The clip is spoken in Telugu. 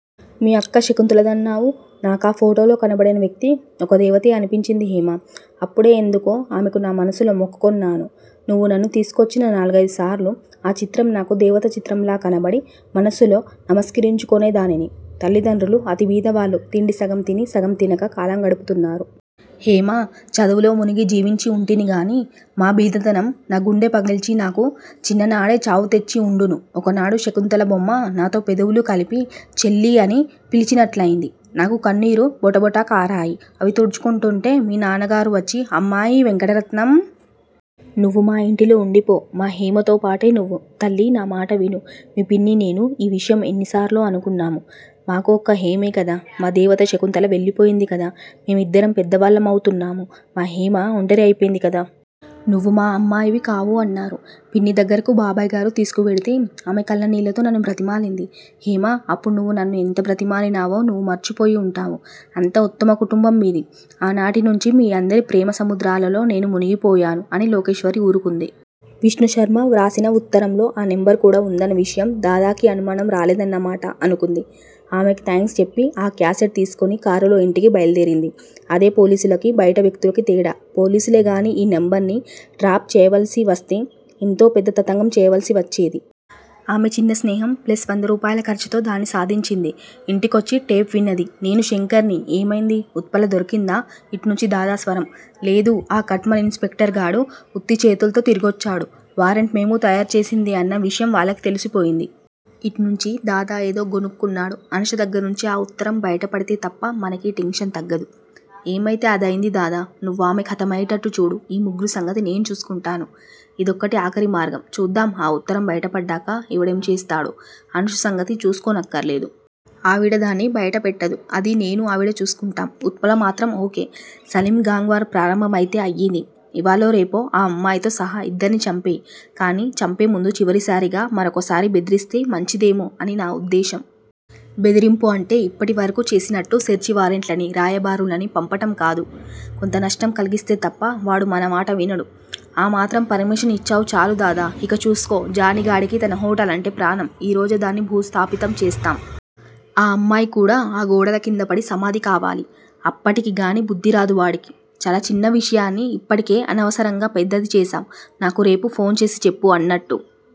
మీ అక్క శకుంతలదన్నావు. నాకా ఫొటోలో కనబడిన వ్యక్తి ఒక దేవతే అనిపించింది హేమా. అప్పుడే ఎందుకో ఆమెకు నా మనస్సులో మొక్కుకొన్నాను. నువ్వు నన్ను తీసుకువచ్చిన నాల్గయిదుసారులు ఆ చిత్రం నాకు దేవతా చిత్రంలా కనబడి మనస్సులో నమస్కరించుకొనేదానిని. తల్లిదండ్రులు అతి బీదవాళ్ళు. తిండి సగం తినీ సగం తినకా కాలం గడుపుతున్నారు. హేమా, చదువులో మునిగి జీవించి ఉంటిని గాని మా బీదతనం నా గుండె పగిల్చి నాకు చిన్ననాడే చావుతెచ్చిఉండును. ఒకనాడు శకుంతల బొమ్మ నాతో పెదవులు కదిపి చెల్లీ అని పిలచినట్లయింది. నాకు కన్నీరు బొటబొట కారాయి. అవి తుడుచుకొంటూంటే మీ నాన్నగారు వచ్చి అమ్మాయీ వెంకటరత్నం! నువ్వు మా యింటిలో వుండిపో. మా హేమతోపాటే నువ్వు. తల్లీ, నా మాట విను. మీ పిన్నీ, నేనూ ఈ విషయం ఎన్నిసార్లో అనుకున్నాం. మాకు ఒక్క హేమే కదా! మా దేవత శకుంతల వెళ్ళిపోయింది కదా! మేం ఇద్దరం పెద్దవాళ్ళ మవుతున్నాము. మా హేమ ఒంటరి అయిపోయింది కదా! నువ్వు మా అమ్మాయివి కావూ? అన్నారు. పిన్ని దగ్గరకు బాబాయిగారు తీసుకువెడితే, ఆమె కళ్ళనీళ్ళతో నన్ను బ్రతిమాలింది. హేమా! అప్పుడు నువ్వూ నన్ను ఎంత బ్రతిమాలినావో, నువ్వు మరిచిపోయి ఉంటావు. అంత ఉత్తమ కుటుంబం మీది. ఆనాటినుంచీ మీ అందరి ప్రేమసముద్రాలలో నేను మునిగిపోయాను! అని లోకేశ్వరి ఊరుకుంది. విష్ణు శర్మ వ్రాసిన వుత్తరంలో ఆ నెంబర్ కూడా వుందన్న విషయం, దాదాకి అనుమానం రాలేదన్నమాట అనుకుంది. ఆమెకి థాంక్స్ చెప్పి ఆ క్యాసెట్ తీసుకుని కారులో ఇంటికి బయల్దేరింది. అదే పోలీసులకీ, బయటి వ్యక్తులకీ తేడా! పోలీసులే గానీ ఈ నెంబర్ ని ట్రాప్ చేయవలసి వస్తే ఎంతో పెద్ద తతంగం చేయవలసి వచ్చేది. ఆమె చిన్న స్నేహం ప్లస్ వంద రూపాయిల ఖర్చుతో దాన్ని సాధించింది. ఇంటికొచ్చి టేప్ విన్నది. నేనూ శంకర్ ని ఏమైంది? ఉత్పల దొరికిందా? ఇట్నుంచి దాదా స్వరం. లేదు. ఆ కట్ మల్ ఇన్ స్పెక్టర్ గాడు వుత్తిచేతుల్తో తిరిగొచ్చాడు. వారెంటు మేము తయారుచేసిందే అన్న విషయం వాళ్ళకి తెలిసిపోయింది. ఇట్నుంచి దాదా ఏదో గొణుక్కున్నాడు. అనూష దగ్గిర్నుంచి ఆ వుత్తరం బయటపడితే తప్ప మనకీ టెన్షన్ తగ్గదు. ఏమయితే అదయింది దాదా. నువ్వామె ఖతమయ్యేట్టు చూడు. ఈ ముగ్గురి సంగతి నేను చూసుకుంటాను. ఇదొక్కటే ఆఖరి మార్గం. చూద్దాం ఆ వుత్తరం బయట పడ్డాక ఎవడేం చేస్తాడో అనూష సంగతి చూసుకోనక్కర్లేదు. ఆవిడ దాన్ని బయటపెట్టదు. అది నేనూ ఆవిడా చూసుకుంటాం. ఉత్పల మాత్రం okay Salim- gang war ప్రారంభం అయితే అయింది. ఇవ్వాళో రేపో ఆ అమ్మాయితో సహా ఇద్దర్నీ చంపెయ్యి. కానీ చంపేముందు చివరిసారిగా మరొకసారి బెదిరిస్తే మంచిదేమో అని నా వుద్దేశ్యం. బెదిరింపు అంటే ఇప్పటివరకూ చేసినట్టు సెర్చి వారెంట్లని- రాయబారులని పంపటం కాదు. కొంత నష్టం కలిగిస్తే తప్ప వాడు మనమాట వినడు. ఆ మాత్రం పర్మిషన్ ఇచ్చావ్ చాలు దాదా! ఇక చూసుకో! జానీగాడికి తన హొటల్ అంటే ప్రాణం. ఈ రోజే దాన్ని భూస్థాపితం చేస్తాం. ఆ అమ్మాయి కూడా ఆ గోడల క్రిందపడి సమాధి కావాలి. అప్పటికి గానీ బుద్ధిరాదు వాడికి. చాలా చిన్న విషయాన్ని ఇప్పటికే అనవసరంగా పెద్దది చేసాం నాకు రేపు ఫోన్ చేసి చెప్పు. అన్నట్టు